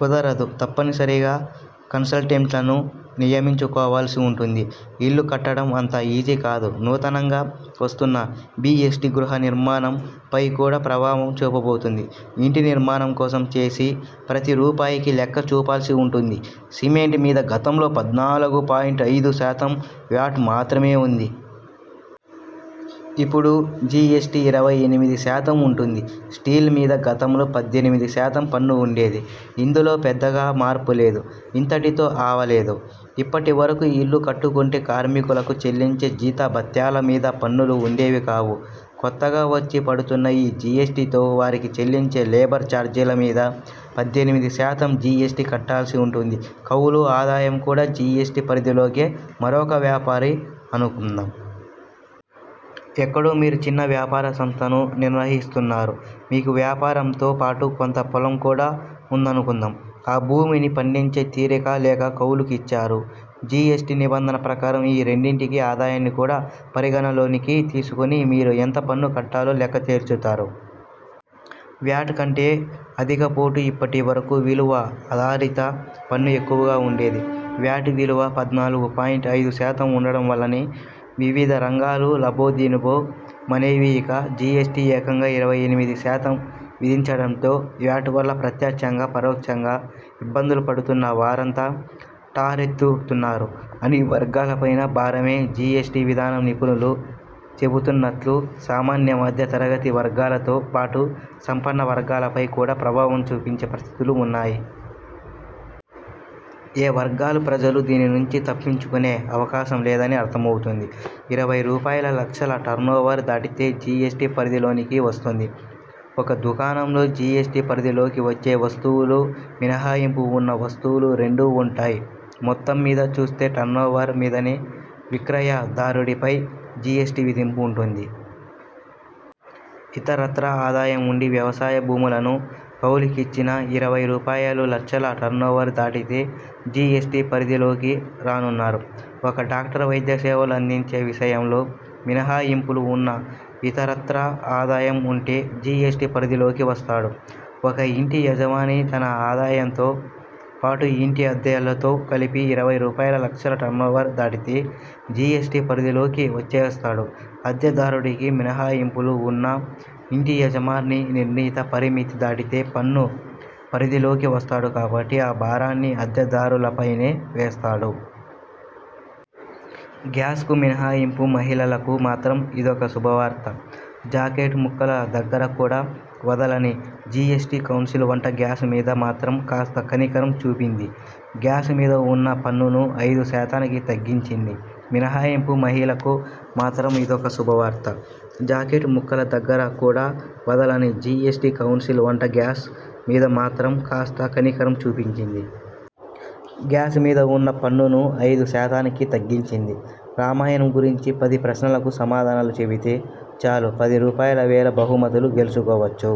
కుదరదు, తప్పనిసరిగా కన్సల్టెంట్లను నియమించుకోవాల్సి ఉంటుంది. ఇల్లు కట్టడం అంత ఈజీ కాదు నూతనంగా వస్తున్న జీఎస్టీ గృహ నిర్మాణం పయి కూడా ప్రభావం చూపబోతోంది. ఇంటి నిర్మాణం కోసం చేసే ప్రతి రూపాయికి లెక్క చూపాల్సి ఉంటుంది. సిమెంట్ మీద గతంలో పద్నాలుగు పాయింట్ ఐదు శాతం వ్యాట్ మాత్రమే ఉంది. ఇపుడు జీఎస్టీ ఇరవై ఎనిమిది శాతం ఉంటుంది. స్టీల్ మీద గతంలో పద్దెనిమిది శాతం పన్ను ఉండేది. ఇందులో పెద్దగా మార్పు లేదు. ఇంతటితో అవలేదు. ఇప్పటి వరకు ఇల్లు కట్టుకుంటే కార్మికులకు చెల్లించే జీతభత్యాల మీద పన్నులు ఉండేవి కావు. కొత్తగా వచ్చి పడుతున్న ఈ జీఎస్టీతో వారికి చెల్లించే లేబర్ చార్జీల మీద పద్దెనిమిది శాతం జీఎస్టీ కట్టాల్సి ఉంటుంది కౌలు ఆదాయం కూడా జీఎస్టీ పరిధిలోకే మీరొక వ్యాపారి అనుకుందాం. ఎక్కడో మీరు చిన్న వ్యాపార సంస్థను నిర్వహిస్తున్నారు. మీకు వ్యాపారంతో పాటు కొంత పొలం కూడా ఉందనుకుందాం. ఆ భూమిని పండించే తీరిక లేక కౌలుకు ఇచ్చారు. జీఎస్టీ నిబంధనల ప్రకారం ఈ రెండింటి ఆదాయాన్ని కూడా పరిగణనలోకి తీసుకుని మీరు ఎంత పన్ను కట్టాలో లెక్క తేల్చుతారు. వ్యాట్ కంటే అధికపోటు ఇప్పటి వరకు విలువ ఆధారిత పన్ను ఎక్కువగా ఉండేది. వ్యాట్ విలువ పద్నాలుగు పాయింట్ ఐదు శాతం ఉండటం వల్లనే వివిధ రంగాలు లబోదిబో మనేవి ఇక జీఎస్టీ ఏకంగా ఇరవై ఎనిమిది శాతం విధించటంతో వ్యాట్ వల్ల ప్రత్యక్షంగా, పరోక్షంగా ఇబ్బందులు పడుతున్న వారంతా ఠారెత్తుతున్నారు అన్ని వర్గాలపైనా భారమే జీఎస్టీ విధానం నిపుణులు చెబుతున్నట్టు సామాన్య, మధ్య తరగతి వర్గాలతో పాటు సంపన్న వర్గాలపై కూడా ప్రభావం చూపించే పరిస్థితులు ఉన్నాయి. ఏ వర్గాల ప్రజలూ దీని నుంచి తప్పించుకునే అవకాశం లేదని అర్థమవుతోంది. ఇరవై రూపాయల లక్షల టర్నోవర్ దాటితే జీఎస్టీ పరిధిలోకి వస్తుంది ఒక దుకాణంలో జీఎస్టీ పరిధిలోకి వచ్చే వస్తువులూ, మినహాయింపు ఉన్న వస్తువులు రెండూ ఉంటాయి. మొత్తం మీదా చూస్తే టర్నోవర్ మీదనే విక్రయదారుడిపై జీఎస్టీ విధింపు ఉంటుంది. ఇతరత్రా ఆదాయం ఉండి వ్యవసాయ భూములను కౌలుకిచ్చినా ఇరవై రూపాయలులక్షల టర్నోవర్ దాటితే జీఎస్టీ పరిధిలోకి రానున్నారు ఒక డాక్టర్ వైద్య సేవలు అందించే విషయంలో మినహాయింపులు ఉన్నా ఇతరత్రా ఆదాయం ఉంటే జీఎస్టీ పరిధిలోకి వస్తాడు. ఒక ఇంటి యజమాని తన ఆదాయంతో పాటు ఇంటి అద్దెలతో కలిపి ఇరవై రూపాయల లక్షల టర్నోవర్ దాటితే జీఎస్టీ పరిధిలోకి వచ్చేస్తాడు అద్దె దారుడికి మినహాయింపులు ఉన్నా ఇంటి యజమాని నిర్ణీత పరిమితి దాటితే పన్ను పరిధిలోకి వస్తాడు కాబట్టి ఆ భారాన్ని అద్దె దారులపైనే వేస్తాడు. గ్యాస్కు మినహాయింపు మహిళలకు మాత్రం ఇదొక శుభవార్త. జాకెట్ ముక్కల దగ్గర కూడా వదలని జీఎస్టీ కౌన్సిల్ వంట గ్యాస్ మీద మాత్రం కాస్త కనికరం చూపింది. గ్యాస్ మీద ఉన్న పన్నును ఐదు శాతానికి తగ్గించింది మినహాయింపు మహిళలకు మాత్రం ఇదొక శుభవార్త. జాకెట్ ముక్కల దగ్గర కూడా వదలని జీఎస్టీ కౌన్సిల్ వంట గ్యాస్ మీద మాత్రం కాస్త కనికరం చూపింది. గ్యాస్ మీద ఉన్న పన్నును ఐదు శాతానికి తగ్గించింది. రామాయణం గురించి పది ప్రశ్నలకు సమాధానాలు చెబితే చాలు పది రూపాయల వేల బహుమతులు గెలుచుకోవచ్చు